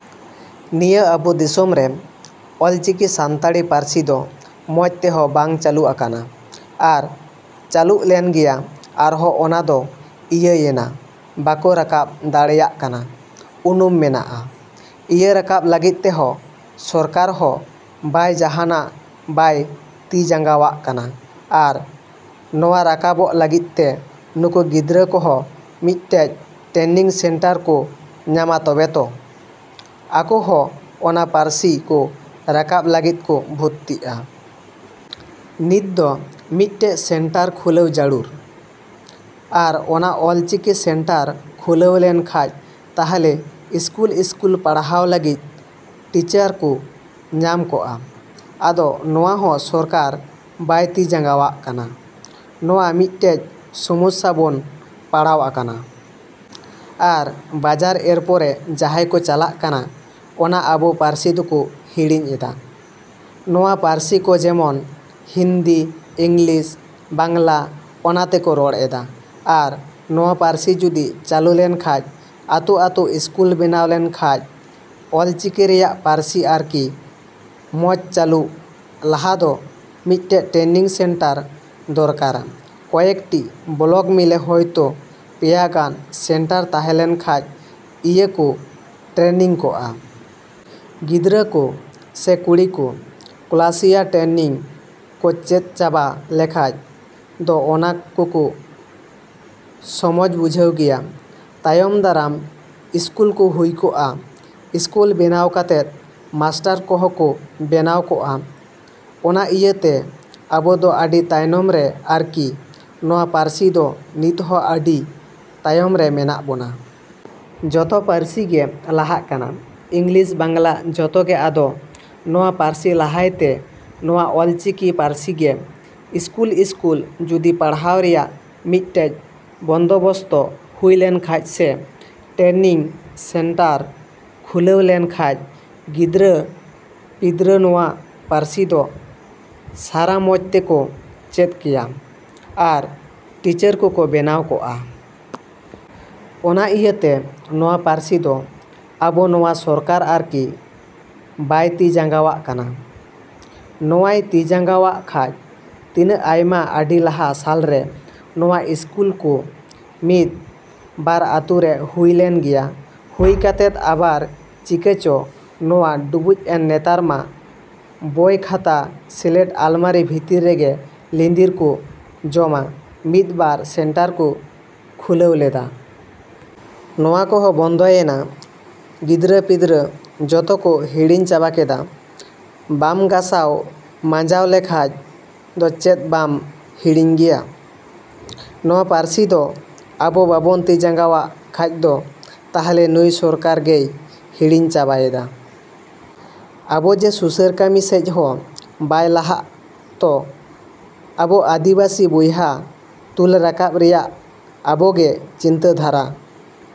ᱱᱤᱭᱟᱹ ᱟᱵᱚ ᱫᱤᱥᱚᱢ ᱨᱮ ᱚᱞ ᱪᱤᱠᱤ ᱥᱟᱱᱛᱟᱲᱤ ᱯᱟᱹᱨᱥᱤ ᱫᱚ ᱢᱚᱸᱡᱽ ᱛᱮᱦᱚᱸ ᱵᱟᱝ ᱪᱟᱞᱩ ᱟᱠᱟᱱᱟ᱾ ᱟᱨ ᱪᱟᱞᱩᱜ ᱞᱮᱱ ᱜᱮᱭᱟ ᱟᱨᱦᱚᱸ ᱚᱱᱟ ᱫᱚ ᱤᱭᱟᱹᱭᱮᱱᱟ ᱵᱟᱠᱚ ᱨᱟᱠᱟᱵ ᱫᱟᱲᱮᱭᱟᱜ ᱠᱟᱱᱟ᱾ ᱩᱱᱩᱢ ᱢᱮᱱᱟᱜᱼᱟ, ᱤᱭᱟᱹ ᱨᱟᱠᱟᱵ ᱞᱟᱹᱜᱤᱫ ᱛᱮᱦᱚᱸ ᱥᱚᱨᱠᱟᱨ ᱦᱚᱸ ᱵᱟᱭ ᱡᱟᱦᱟᱸᱱᱟᱜ ᱵᱟᱭ ᱛᱤ ᱡᱟᱸᱜᱟᱣᱟᱜ ᱠᱟᱱᱟ ᱟᱨ ᱱᱚᱣᱟ ᱨᱟᱠᱟᱵᱚᱜ ᱞᱟᱹᱜᱤᱫ ᱛᱮ ᱱᱩᱠᱩ ᱜᱤᱫᱽᱨᱟᱹ ᱠᱚᱦᱚᱸ ᱢᱤᱫᱴᱮᱡ ᱴᱨᱮᱱᱤᱝ ᱥᱮᱱᱴᱟᱨ ᱠᱚ ᱧᱟᱢᱟ ᱛᱚᱵᱮ ᱛᱚ, ᱟᱠᱚ ᱦᱚᱸ ᱚᱱᱟ ᱯᱟᱨᱥᱤ ᱠᱚ ᱨᱟᱠᱟᱵ ᱞᱟᱹᱜᱤᱫ ᱠᱚ ᱵᱷᱚᱛᱛᱤᱜᱼᱟ? ᱱᱤᱛ ᱫᱚ ᱢᱤᱫᱴᱮᱡ ᱥᱮᱱᱴᱟᱨ ᱠᱷᱩᱞᱟᱹᱣ ᱡᱟᱹᱨᱩᱲ᱾ ᱟᱨ ᱚᱱᱟ ᱚᱞ ᱪᱤᱠᱤ ᱥᱮᱱᱴᱟᱨ ᱠᱷᱩᱞᱟᱹᱣ ᱞᱮᱱ ᱠᱷᱟᱡ ᱛᱟᱦᱞᱮ ᱤᱥᱠᱩᱞᱼᱤᱥᱠᱩᱞ ᱯᱟᱲᱦᱟᱣ ᱞᱟᱹᱜᱤᱫ ᱴᱤᱪᱟᱹᱨ ᱠᱚ ᱧᱟᱢ ᱠᱚᱜᱼᱟ᱾ ᱟᱫᱚ ᱱᱚᱣᱟ ᱦᱚᱸ ᱥᱚᱨᱠᱟᱨ ᱵᱟᱭ ᱛᱤ ᱡᱟᱸᱜᱟᱣᱟᱜ ᱠᱟᱱᱟ᱾ ᱱᱚᱣᱟ ᱢᱤᱫᱴᱮᱡ ᱥᱚᱢᱚᱥᱥᱟ ᱵᱚᱱ ᱯᱟᱲᱟᱣ ᱟᱠᱟᱱᱟ᱾ ᱟᱨ ᱵᱟᱡᱟᱨ ᱮᱨ ᱯᱚᱨᱮ ᱡᱟᱦᱟᱸᱭ ᱠᱚ ᱪᱟᱞᱟᱜ ᱠᱟᱱᱟ ᱚᱱᱟ ᱟᱵᱚ ᱯᱟᱹᱨᱥᱤ ᱫᱚᱠᱚ ᱦᱤᱲᱤᱧ ᱮᱫᱟ, ᱱᱚᱣᱟ ᱯᱟᱹᱨᱥᱤ ᱠᱚ ᱡᱮᱢᱚᱱ ᱦᱤᱱᱫᱤ, ᱤᱝᱞᱤᱥ, ᱵᱟᱝᱞᱟ ᱚᱱᱟ ᱛᱮᱠᱚ ᱨᱚᱲ ᱮᱫᱟ᱾ ᱟᱨ ᱱᱚᱣᱟ ᱯᱟᱹᱨᱥᱤ ᱡᱩᱫᱤ ᱪᱟᱞᱩ ᱞᱮᱱ ᱠᱷᱟᱡ ᱟᱛᱳᱼᱟᱛᱳ ᱤᱥᱠᱩᱞ ᱵᱮᱱᱟᱣ ᱞᱮᱱ ᱠᱷᱟᱡ ᱚᱞ ᱪᱤᱠᱤ ᱨᱮᱭᱟᱜ ᱯᱟᱨᱥᱤ ᱟᱨᱠᱤ ᱢᱚᱸᱡᱽ ᱪᱟᱹᱞᱩᱜ ᱞᱟᱦᱟ ᱫᱚ ᱢᱤᱫᱴᱮᱡ ᱴᱨᱮᱱᱤᱝ ᱥᱮᱱᱴᱟᱨ ᱫᱚᱨᱠᱟᱨᱟ ᱠᱚᱭᱮᱠ ᱴᱤ ᱵᱞᱚᱠ ᱢᱤᱞᱮ ᱦᱚᱭ ᱛᱚ ᱯᱮᱭᱟ ᱜᱟᱱ ᱥᱮᱱᱴᱟᱨ ᱛᱟᱦᱮᱸ ᱞᱮᱱ ᱠᱷᱟᱡ ᱤᱱᱟᱹ ᱠᱚ ᱴᱨᱮᱱᱤᱝ ᱠᱚᱜᱼᱟ᱾ ᱜᱤᱫᱽᱨᱟᱹ ᱠᱚ ᱥᱮ ᱠᱩᱲᱤ ᱠᱚ ᱠᱞᱟᱥᱤᱭᱟ ᱴᱨᱮᱱᱤᱝ ᱠᱚ ᱪᱮᱫ ᱪᱟᱵᱟ ᱞᱮᱠᱷᱟᱡ ᱫᱚ ᱚᱱᱟ ᱠᱚᱠᱩ ᱥᱤᱢᱚᱸᱡᱽ ᱵᱩᱡᱷᱟᱹᱜ ᱜᱮᱭᱟ ᱛᱟᱭᱚᱢ ᱫᱟᱨᱟᱢ ᱤᱥᱠᱩᱞ ᱠᱚ ᱦᱩᱭ ᱠᱚᱜᱼᱟ᱾ ᱤᱥᱠᱩᱞ ᱵᱮᱱᱟᱣ ᱠᱟᱛᱮᱫ ᱢᱟᱥᱴᱟᱨ ᱠᱚᱦᱚᱸ ᱠᱚ ᱵᱮᱱᱟᱣ ᱠᱚᱜᱼᱟ᱾ ᱚᱱᱟ ᱤᱭᱟᱹᱛᱮ ᱟᱵᱚ ᱫᱚ ᱟᱰᱤ ᱛᱟᱭᱚᱢ ᱨᱮ ᱟᱨᱠᱤ ᱱᱚᱣᱟ ᱯᱟᱹᱨᱥᱤ ᱫᱚ ᱱᱤᱛ ᱦᱚᱸ ᱟᱹᱰᱤ ᱛᱟᱭᱚᱢ ᱨᱮ ᱢᱮᱱᱟᱜ ᱵᱚᱱᱟ᱾ ᱡᱚᱛᱚ ᱯᱟᱹᱨᱥᱤ ᱜᱮ ᱞᱟᱦᱟᱜ ᱠᱟᱱᱟ᱾ ᱤᱝᱞᱤᱥ, ᱵᱟᱝᱞᱟ ᱡᱚᱛᱚ ᱜᱮ ᱟᱫᱚ ᱱᱚᱣᱟ ᱯᱟᱹᱨᱥᱤ ᱞᱟᱦᱟᱭ ᱛᱮ ᱱᱚᱣᱟ ᱚᱞ ᱪᱤᱠᱤ ᱯᱟᱨᱥᱤ ᱜᱮ ᱤᱥᱠᱩᱞᱼᱤᱥᱠᱩᱞ ᱡᱩᱫᱤ ᱯᱟᱲᱦᱟᱣ ᱨᱮᱭᱟᱜ ᱢᱤᱫᱴᱮᱡ ᱵᱚᱱᱫᱚᱵᱚᱥᱛᱚ ᱦᱩᱭ ᱞᱮᱱ ᱠᱷᱟᱡ ᱥᱮ ᱴᱨᱮᱱᱤᱝ ᱥᱮᱱᱴᱟᱨ ᱠᱷᱩᱞᱟᱹᱣ ᱞᱮᱱ ᱠᱷᱟᱡ ᱜᱤᱫᱽᱨᱟᱹ ᱯᱤᱫᱽᱨᱟᱹ ᱱᱚᱣᱟ ᱯᱟᱹᱨᱥᱤ ᱫᱚ ᱥᱟᱨᱟ ᱢᱚᱸᱡᱽ ᱛᱮᱠᱚ ᱪᱮᱫ ᱠᱮᱭᱟ ᱟᱨ ᱴᱤᱪᱟᱹᱨ ᱠᱚᱠᱚ ᱵᱮᱱᱟᱣ ᱠᱚᱜᱼᱟ᱾ ᱚᱱᱟ ᱤᱭᱟᱹᱛᱮ ᱱᱚᱣᱟ ᱯᱟᱹᱨᱥᱤ ᱫᱚ ᱟᱵᱚ ᱱᱚᱣᱟ ᱥᱚᱨᱠᱟᱨ ᱟᱨᱠᱤ ᱵᱟᱭ ᱛᱤ ᱡᱟᱸᱜᱟᱣᱟᱜ ᱠᱟᱱᱟ᱾ ᱱᱚᱣᱟᱭ ᱛᱤ ᱡᱟᱸᱜᱟᱣᱟᱜ ᱠᱷᱟᱡ ᱛᱤᱱᱟᱹᱜ ᱟᱭᱢᱟ ᱟᱰᱤ ᱞᱟᱦᱟ ᱥᱟᱞ ᱨᱮ ᱱᱚᱣᱟ ᱤᱥᱠᱩᱞ ᱠᱚ ᱢᱤᱫ ᱵᱟᱨ ᱟᱹᱛᱩ ᱨᱮ ᱦᱩᱭ ᱞᱮᱱ ᱜᱮᱭᱟ ᱦᱩᱭ ᱠᱟᱛᱮᱫ ᱟᱵᱟᱨ ᱪᱤᱠᱟ ᱪᱚ ᱱᱚᱣᱟ ᱰᱩᱵᱩᱡ ᱮᱱ ᱱᱮᱛᱟᱨ ᱢᱟ ᱵᱚᱭ ᱠᱷᱟᱛᱟ ᱥᱞᱮᱴ ᱟᱞᱢᱟᱨᱤ ᱵᱷᱤᱛᱨᱤ ᱨᱮᱜᱮ ᱧᱤᱫᱤᱨ ᱠᱚ ᱡᱚᱢᱟ ᱢᱤᱫ ᱵᱟᱨ ᱥᱮᱱᱴᱟᱨ ᱠᱚ ᱠᱷᱩᱞᱟᱹᱣ ᱞᱮᱫᱟ᱾ ᱱᱚᱣᱟ ᱠᱚᱦᱚᱸ ᱵᱚᱱᱫᱚᱭᱮᱱᱟ ᱜᱤᱫᱽᱨᱟᱹ ᱯᱤᱫᱽᱨᱟᱹ ᱡᱚᱛᱚ ᱠᱚ ᱦᱤᱲᱤᱧ ᱪᱟᱵᱟ ᱠᱮᱫᱟ᱾ ᱵᱟᱢ ᱜᱟᱥᱟᱣ ᱢᱟᱧᱡᱟᱣ ᱞᱮᱠᱷᱟᱡ ᱫᱚ ᱪᱮᱫ ᱵᱟᱢ ᱦᱤᱲᱤᱧ ᱜᱮᱭᱟ! ᱱᱚᱣᱟ ᱯᱟᱹᱨᱥᱤ ᱫᱚ ᱟᱵᱚ ᱵᱟᱵᱚᱱ ᱛᱤ ᱡᱟᱸᱜᱟᱣᱟᱜ ᱠᱷᱟᱡ ᱫᱚ ᱛᱟᱦᱞᱮ ᱱᱩᱭ ᱥᱚᱨᱠᱟᱨ ᱜᱮᱭ ᱦᱤᱲᱤᱧ ᱪᱟᱵᱟᱭᱮᱫᱟ᱾ ᱟᱵᱚ ᱡᱮ ᱥᱩᱥᱟᱹᱨ ᱠᱟᱹᱢᱤ ᱥᱮᱡ ᱦᱚᱸ ᱵᱟᱭ ᱞᱟᱦᱟᱜ ᱛᱚ ᱟᱵᱚ ᱟᱫᱤᱵᱟᱥᱤ ᱵᱚᱭᱦᱟ ᱛᱩᱞ ᱨᱟᱠᱟᱵ ᱨᱮᱭᱟᱜ ᱟᱵᱚ ᱜᱮ ᱪᱤᱱᱛᱟᱹ ᱫᱷᱟᱨᱟ᱾